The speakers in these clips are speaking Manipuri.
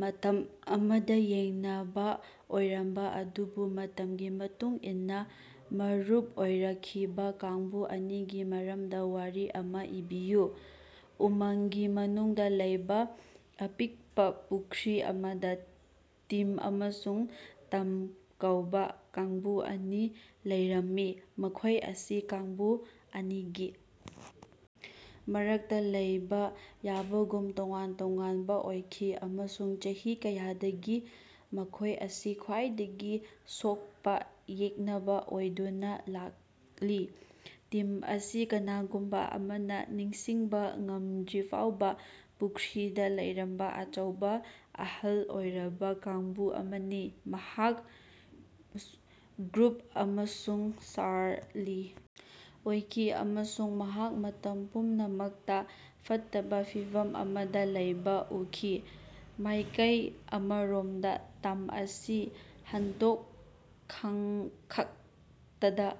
ꯃꯇꯝ ꯑꯃꯗ ꯌꯦꯛꯅꯕ ꯑꯣꯏꯔꯝꯕ ꯑꯗꯨꯕꯨ ꯃꯇꯝꯒꯤ ꯃꯇꯨꯡ ꯏꯟꯅ ꯃꯔꯨꯞ ꯑꯣꯏꯔꯛꯈꯤꯕ ꯀꯥꯡꯕꯨ ꯑꯅꯤꯒꯤ ꯃꯔꯝꯗ ꯋꯥꯔꯤ ꯑꯃ ꯏꯕꯤꯌꯨ꯫ ꯎꯃꯪꯒꯤ ꯃꯅꯨꯡꯗ ꯂꯩꯕ ꯑꯄꯤꯛꯄ ꯄꯨꯈ꯭ꯔꯤ ꯑꯃꯗ ꯇꯤꯝ ꯑꯃꯁꯨꯡ ꯇꯝ ꯀꯧꯕ ꯀꯥꯡꯕꯨ ꯑꯅꯤ ꯂꯩꯔꯝꯃꯤ꯫ ꯃꯈꯣꯏ ꯑꯁꯤ ꯀꯥꯡꯕꯨ ꯑꯅꯤꯒꯤ ꯃꯔꯛꯇ ꯂꯩꯕ ꯌꯥꯕꯒꯨꯝ ꯇꯣꯉꯥꯟ ꯇꯣꯉꯥꯟꯕ ꯑꯣꯏꯈꯤ, ꯑꯃꯁꯨꯡ ꯆꯍꯤ ꯀꯌꯥꯗꯒꯤ ꯃꯈꯣꯏ ꯑꯁꯤ ꯈ꯭ꯋꯥꯏꯗꯒꯤ ꯁꯣꯛꯄ ꯌꯦꯛꯅꯕ ꯑꯣꯏꯗꯨꯅ ꯂꯥꯛꯂꯤ꯫ ꯇꯤꯝ ꯑꯁꯤ ꯀꯅꯥꯒꯨꯝꯕ ꯑꯃꯅ ꯅꯤꯡꯁꯤꯡꯕ ꯉꯝꯗ꯭ꯔꯤꯐꯥꯎꯕ ꯄꯨꯈ꯭ꯔꯤꯗ ꯂꯩꯔꯝꯕ ꯑꯆꯧꯕ, ꯑꯍꯜ ꯑꯣꯏꯔꯕ ꯀꯥꯡꯕꯨ ꯑꯃꯅꯤ꯫ ꯃꯍꯥꯛ ꯒ꯭ꯔꯨꯐ ꯑꯃꯁꯨꯡ ꯁꯔꯂꯤ ꯑꯣꯏꯈꯤ, ꯑꯃꯁꯨꯡ ꯃꯍꯥꯛ ꯃꯇꯝ ꯄꯨꯝꯅꯃꯛꯇ‌ ꯐꯠꯇꯕ ꯐꯤꯚꯝ ꯑꯃꯗ ꯂꯩꯕ ꯎꯈꯤ꯫ ꯃꯥꯏꯀꯩ ꯑꯃꯔꯣꯝꯗ ꯇꯝ ꯑꯁꯤ ꯍꯟꯗꯛ ꯈꯛꯇꯗ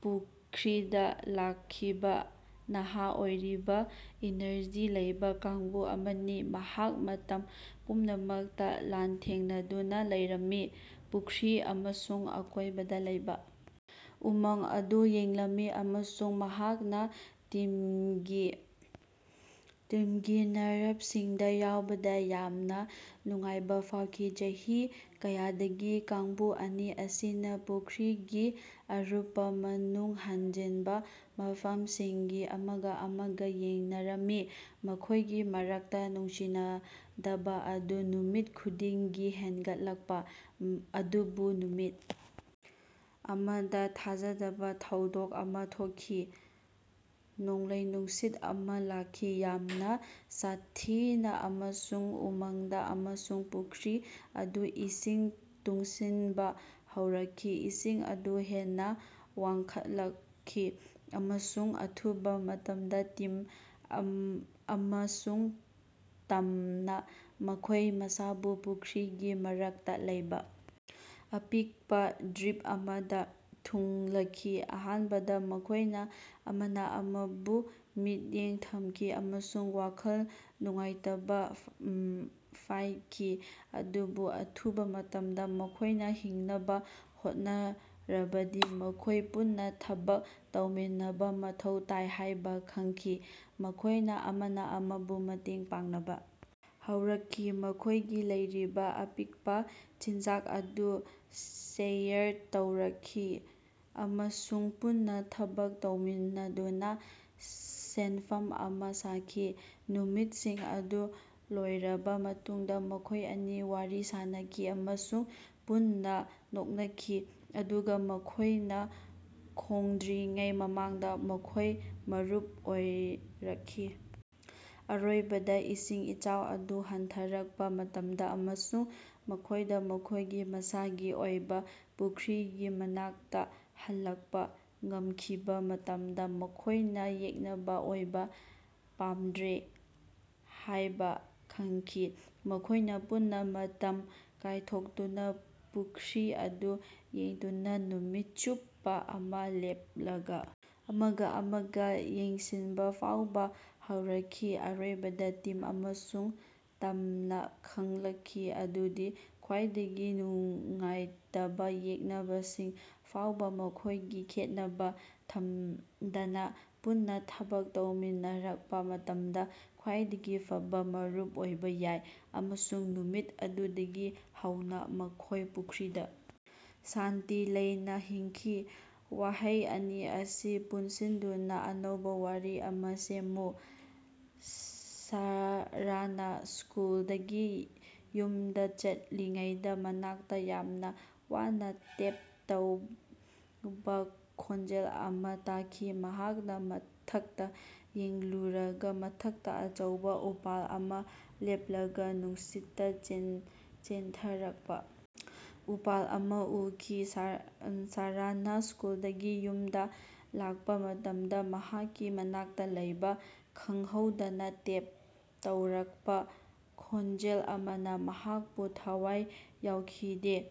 ꯄꯨꯈ꯭ꯔꯤꯗ ꯂꯥꯛꯈꯤꯕ ꯅꯍꯥ ꯑꯣꯏꯔꯤꯕ, ꯏꯅꯔꯖꯤ ꯂꯩꯕ ꯀꯥꯡꯕꯨ ꯑꯃꯅꯤ꯫ ꯃꯍꯥꯛ ꯃꯇꯝ ꯄꯨꯝꯅꯃꯛꯇ ꯂꯥꯟꯊꯦꯡꯅꯗꯨꯅ ꯂꯩꯔꯝꯃꯤ, ꯄꯨꯈ꯭ꯔꯤ ꯑꯃꯁꯨꯡ ꯑꯀꯣꯏꯕꯗ ꯂꯩꯕ ꯎꯃꯪ ꯑꯗꯨ ꯌꯦꯡꯂꯝꯃꯤ, ꯑꯃꯁꯨꯡ ꯃꯍꯥꯛꯅ ꯇꯤꯝꯒꯤ ꯅꯔꯚꯁꯤꯡꯗ ꯌꯥꯎꯕꯗ ꯌꯥꯝꯅ ꯅꯨꯡꯉꯥꯏꯕ ꯐꯥꯎꯈꯤ꯫ ꯆꯍꯤ ꯀꯌꯥꯗꯒꯤ ꯀꯥꯡꯕꯨ ꯑꯅꯤ ꯑꯁꯤꯅ ꯄꯨꯈ꯭ꯔꯤꯒꯤ ꯑꯔꯥꯞꯄ ꯃꯅꯨꯡ ꯍꯟꯖꯤꯟꯕ ꯃꯐꯝꯁꯤꯡꯗꯒꯤ ꯑꯃꯒ ꯑꯃꯒ ꯌꯦꯡꯅꯔꯝꯃꯤ, ꯃꯈꯣꯏꯒꯤ ꯃꯔꯛꯇ ꯅꯨꯡꯁꯤꯅꯗꯕ ꯑꯗꯨ ꯅꯨꯃꯤꯠ ꯈꯨꯗꯤꯡꯒꯤ ꯍꯦꯟꯒꯠꯂꯛꯂꯤ꯫ ꯑꯗꯨꯕꯨ ꯅꯨꯃꯤꯠ ꯑꯃꯗ ꯊꯥꯖꯗꯕ ꯊꯧꯗꯣꯛ ꯑꯃ ꯊꯣꯛꯈꯤ꯫ ꯅꯣꯡꯂꯩ-ꯅꯨꯡꯁꯤꯠ ꯑꯃ ꯂꯥꯛꯈꯤ, ꯌꯥꯝꯅ ꯁꯥꯊꯤꯅ ꯑꯃꯁꯨꯡ ꯎꯃꯪꯗ, ꯑꯃꯁꯨꯡ ꯄꯨꯈ꯭ꯔꯤ ꯑꯗꯨ ꯏꯁꯤꯡ ꯇꯨꯡꯁꯤꯟꯕ ꯍꯧꯔꯛꯈꯤ꯫ ꯏꯁꯤꯡ ꯑꯗꯨ ꯍꯦꯟꯅ ꯋꯥꯡꯈꯠꯂꯛꯈꯤ, ꯑꯃꯁꯨꯡ ꯑꯊꯨꯕ ꯃꯇꯝꯗ ꯇꯤꯝ ꯑꯃꯁꯨꯡ ꯇꯝꯅ ꯃꯈꯣꯏ ꯃꯁꯥꯕꯨ ꯄꯨꯈ꯭ꯔꯤꯒꯤ ꯃꯔꯛꯇ ꯂꯩꯕ ꯑꯄꯤꯛꯄ ꯗ꯭ꯕꯤꯞ ꯑꯃꯗ ꯊꯨꯡꯂꯈꯤ꯫ ꯑꯍꯥꯟꯕꯗ ꯃꯈꯣꯏꯅ ꯑꯃꯅ ꯑꯃꯕꯨ ꯃꯤꯠꯌꯦꯡ ꯊꯝꯈꯤ ꯑꯃꯁꯨꯡ ꯋꯥꯈꯜ ꯅꯨꯡꯉꯥꯏꯇꯕ ꯐꯥꯏꯈꯤ, ꯑꯗꯨꯕꯨ ꯑꯊꯨꯕ ꯃꯇꯝꯗ, ꯃꯈꯣꯏꯅ ꯍꯤꯡꯅꯕ ꯍꯣꯠꯅꯔꯕꯗꯤ ꯃꯈꯣꯏ ꯄꯨꯟꯅ ꯊꯕꯛ ꯇꯧꯃꯤꯟꯅꯕ ꯃꯊꯧ ꯇꯥꯏ ꯍꯥꯏꯕ‌ ꯈꯪꯈꯤ꯫ ꯃꯈꯣꯏꯅ ꯑꯃꯅ ꯑꯃꯕꯨ ꯃꯇꯦꯡ ꯄꯥꯡꯅꯕ ꯍꯧꯔꯛꯈꯤ, ꯃꯈꯣꯏꯒꯤ ꯂꯩꯔꯤꯕ ꯑꯄꯤꯛꯄ ꯆꯤꯟꯖꯥꯛ ꯑꯗꯨ ꯁꯦꯌꯔ ꯇꯧꯔꯛꯈꯤ ꯑꯃꯁꯨꯡ ꯄꯨꯟꯅ ꯊꯕꯛ ꯇꯧꯃꯤꯟꯅꯗꯨꯅ ꯁꯦꯟꯐꯝ ꯑꯃ ꯁꯥꯈꯤ꯫ ꯅꯨꯃꯤꯠꯁꯤꯡ ꯑꯗꯨ ꯂꯣꯏꯔꯕ ꯃꯇꯨꯡꯗ ꯃꯈꯣꯏ ꯑꯅꯤ ꯋꯥꯔꯤ ꯁꯥꯅꯈꯤ ꯑꯃꯁꯨꯡ ꯄꯨꯟꯅ ꯅꯣꯛꯅꯈꯤ꯫ ꯑꯗꯨꯒ ꯃꯈꯣꯏꯅ ꯈꯪꯗ꯭ꯔꯤꯉꯩ ꯃꯃꯥꯡꯗ ꯃꯈꯣꯏ ꯃꯔꯨꯞ ꯑꯣꯏꯔꯛꯈꯤ꯫ ꯑꯔꯣꯏꯕꯗ ꯏꯁꯤꯡ ꯏꯆꯥꯎ ꯑꯗꯨ ꯍꯟꯊꯔꯛꯄ ꯃꯇꯝꯗ, ꯑꯃꯁꯨꯡ ꯃꯈꯣꯏꯗ ꯃꯈꯣꯏꯒꯤ ꯃꯁꯥꯒꯤ ꯑꯣꯏꯕ ꯄꯨꯈ꯭ꯔꯤꯒꯤ ꯃꯅꯥꯛꯇ‌ ꯍꯜꯂꯛꯄ ꯉꯝꯈꯤꯕ ꯃꯇꯝꯗ, ꯃꯈꯣꯏꯅ ꯌꯦꯛꯅꯕ ꯑꯣꯏꯕ ꯄꯥꯝꯗ꯭ꯔꯦ ꯍꯥꯌꯕ ꯈꯪꯈꯤ꯫ ꯃꯈꯣꯏꯅ ꯄꯨꯟꯅ ꯃꯇꯝ ꯀꯥꯏꯊꯣꯛꯇꯨꯅ ꯄꯨꯈ꯭ꯔꯤ ꯑꯗꯨ ꯌꯦꯡꯗꯨꯅ ꯅꯨꯃꯤꯠ ꯆꯨꯞꯄ ꯑꯃ ꯂꯦꯞꯂꯒ ꯑꯃꯒ ꯑꯃꯒ ꯌꯦꯡꯁꯤꯟꯕ ꯐꯥꯎꯕ ꯍꯧꯔꯛꯈꯤ꯫ ꯑꯔꯣꯏꯕꯗ ꯇꯤꯝ ꯑꯃꯁꯨꯡ ꯇꯝꯅ ꯈꯪꯂꯛꯈꯤ ꯃꯗꯨꯗꯤ ꯈ꯭ꯋꯥꯏꯗꯒꯤ ꯅꯨꯡꯉꯥꯏꯇꯕ ꯌꯦꯛꯅꯕꯁꯤꯡ ꯐꯥꯎꯕ‌ ꯃꯈꯣꯏꯒꯤ ꯈꯦꯠꯅꯕ ꯊꯝꯗꯅ ꯄꯨꯟꯅ ꯊꯕꯛ ꯇꯧꯃꯤꯟꯅꯔꯛꯄ ꯃꯇꯝꯗ ꯈ꯭ꯋꯥꯏꯗꯒꯤ ꯐꯕ ꯃꯔꯨꯞ ꯑꯣꯏꯕ ꯌꯥꯏ꯫ ꯑꯃꯁꯨꯡ ꯅꯨꯃꯤꯠ ꯑꯗꯨꯗꯒꯤ ꯍꯧꯅ ꯃꯈꯣꯏ ꯄꯨꯈ꯭ꯔꯤꯗ ꯁꯥꯟꯇꯤ ꯂꯩꯅ ꯍꯤꯡꯈꯤ꯫ ꯋꯥꯍꯩ ꯑꯅꯤ ꯑꯁꯤ ꯄꯨꯟꯁꯤꯟꯗꯨꯅ ꯑꯅꯧꯕ ꯋꯥꯔꯤ ꯑꯃ‌ ꯁꯦꯝꯃꯨ꯫ ꯁꯥꯔꯥꯅ ꯁ꯭ꯀꯨꯜꯗꯒꯤ ꯌꯨꯝꯗ ꯆꯠꯂꯤꯉꯩꯗ ꯃꯅꯥꯛꯇ ꯌꯥꯝꯅ ꯋꯥꯅ ꯇꯦꯞ ꯇꯧꯕ ꯈꯣꯟꯖꯦꯜ ꯑꯃ ꯇꯥꯈꯤ꯫ ꯃꯍꯥꯛꯅ ꯃꯊꯛꯇ ꯌꯦꯡꯂꯨꯔꯒ ꯃꯊꯛꯇ ꯑꯆꯧꯕ ꯎꯄꯥꯜ ꯑꯃ ꯂꯦꯞꯂꯒ ꯅꯨꯡꯁꯤꯠꯇ ꯆꯦꯟꯊꯔꯛꯄ ꯎꯄꯥꯜ ꯑꯃ ꯎꯈꯤ꯫ ꯁꯥꯔꯥꯅ ꯁ꯭ꯀꯨꯜꯗꯒꯤ ꯌꯨꯝꯗ ꯂꯥꯛꯄ ꯃꯇꯝꯗ ꯃꯍꯥꯛꯀꯤ ꯃꯅꯥꯛꯇ ꯂꯩꯕ ꯈꯪꯍꯧꯗꯅ ꯇꯦꯞ ꯇꯧꯔꯛꯄ ꯈꯣꯟꯖꯦꯜ ꯑꯃꯅ ꯃꯍꯥꯛꯄꯨ ꯊꯋꯥꯏ ꯌꯥꯎꯈꯤꯗꯦ꯫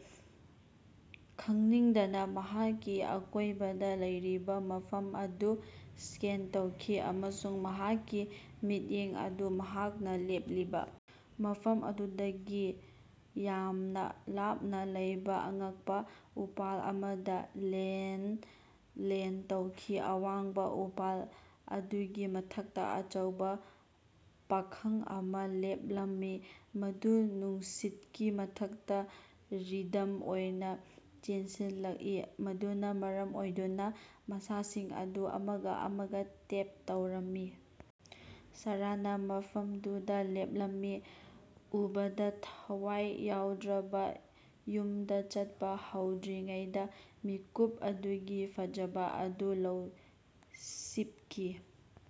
ꯈꯪꯅꯤꯡꯗꯅ ꯃꯍꯥꯛꯀꯤ ꯑꯀꯣꯏꯕꯗ ꯂꯩꯔꯤꯕ ꯃꯐꯝ ꯑꯗꯨ ꯁ꯭ꯀꯦꯟ ꯇꯧꯈꯤ ꯑꯃꯁꯨꯡ ꯃꯍꯥꯛꯀꯤ ꯃꯤꯠꯌꯦꯡ ꯑꯗꯨ ꯃꯍꯥꯛꯅ ꯂꯦꯞꯂꯤꯕ ꯃꯐꯝ ꯑꯗꯨꯗꯒꯤ ꯌꯥꯝꯅ ꯂꯥꯞꯅ ꯂꯩꯕ ꯑꯉꯛꯄ ꯎꯄꯥꯜ ꯑꯃꯗ ꯂꯦꯟꯗ ꯇꯧꯈꯤ꯫ ꯑꯋꯥꯡꯕ ꯎꯄꯥꯜ ꯑꯗꯨꯒꯤ ꯃꯊꯛꯇ ꯑꯆꯧꯕ ꯄꯥꯈꯪ ꯑꯃ ꯂꯦꯞꯂꯝꯃꯤ, ꯃꯗꯨ ꯅꯨꯡꯁꯤꯠꯀꯤ ꯃꯊꯛꯇ ꯔꯤꯗꯝ ꯑꯣꯏꯅ ꯆꯦꯟꯁꯤꯜꯂꯛꯏ, ꯃꯗꯨꯅ ꯃꯔꯝ ꯑꯣꯏꯗꯨꯅ ꯃꯁꯥꯁꯤꯡ ꯑꯗꯨ ꯑꯃꯒ ꯑꯃꯒ ꯇꯦꯞ ꯇꯧꯔꯝꯃꯤ꯫ ꯁꯥꯔꯥꯅ ꯃꯐꯝꯗꯨꯗ ꯂꯦꯞꯂꯝꯃꯤ, ꯎꯕꯗ ꯊꯋꯥꯏ ꯌꯥꯎꯗ꯭ꯔꯕ, ꯌꯨꯝꯗ ꯆꯠꯄ ꯍꯧꯗ꯭ꯔꯤꯉꯩꯗ ꯃꯤꯀꯨꯞ ꯑꯗꯨꯒꯤ ꯐꯖꯕ ꯑꯗꯨ ꯂꯧꯁꯤꯞꯈꯤ꯫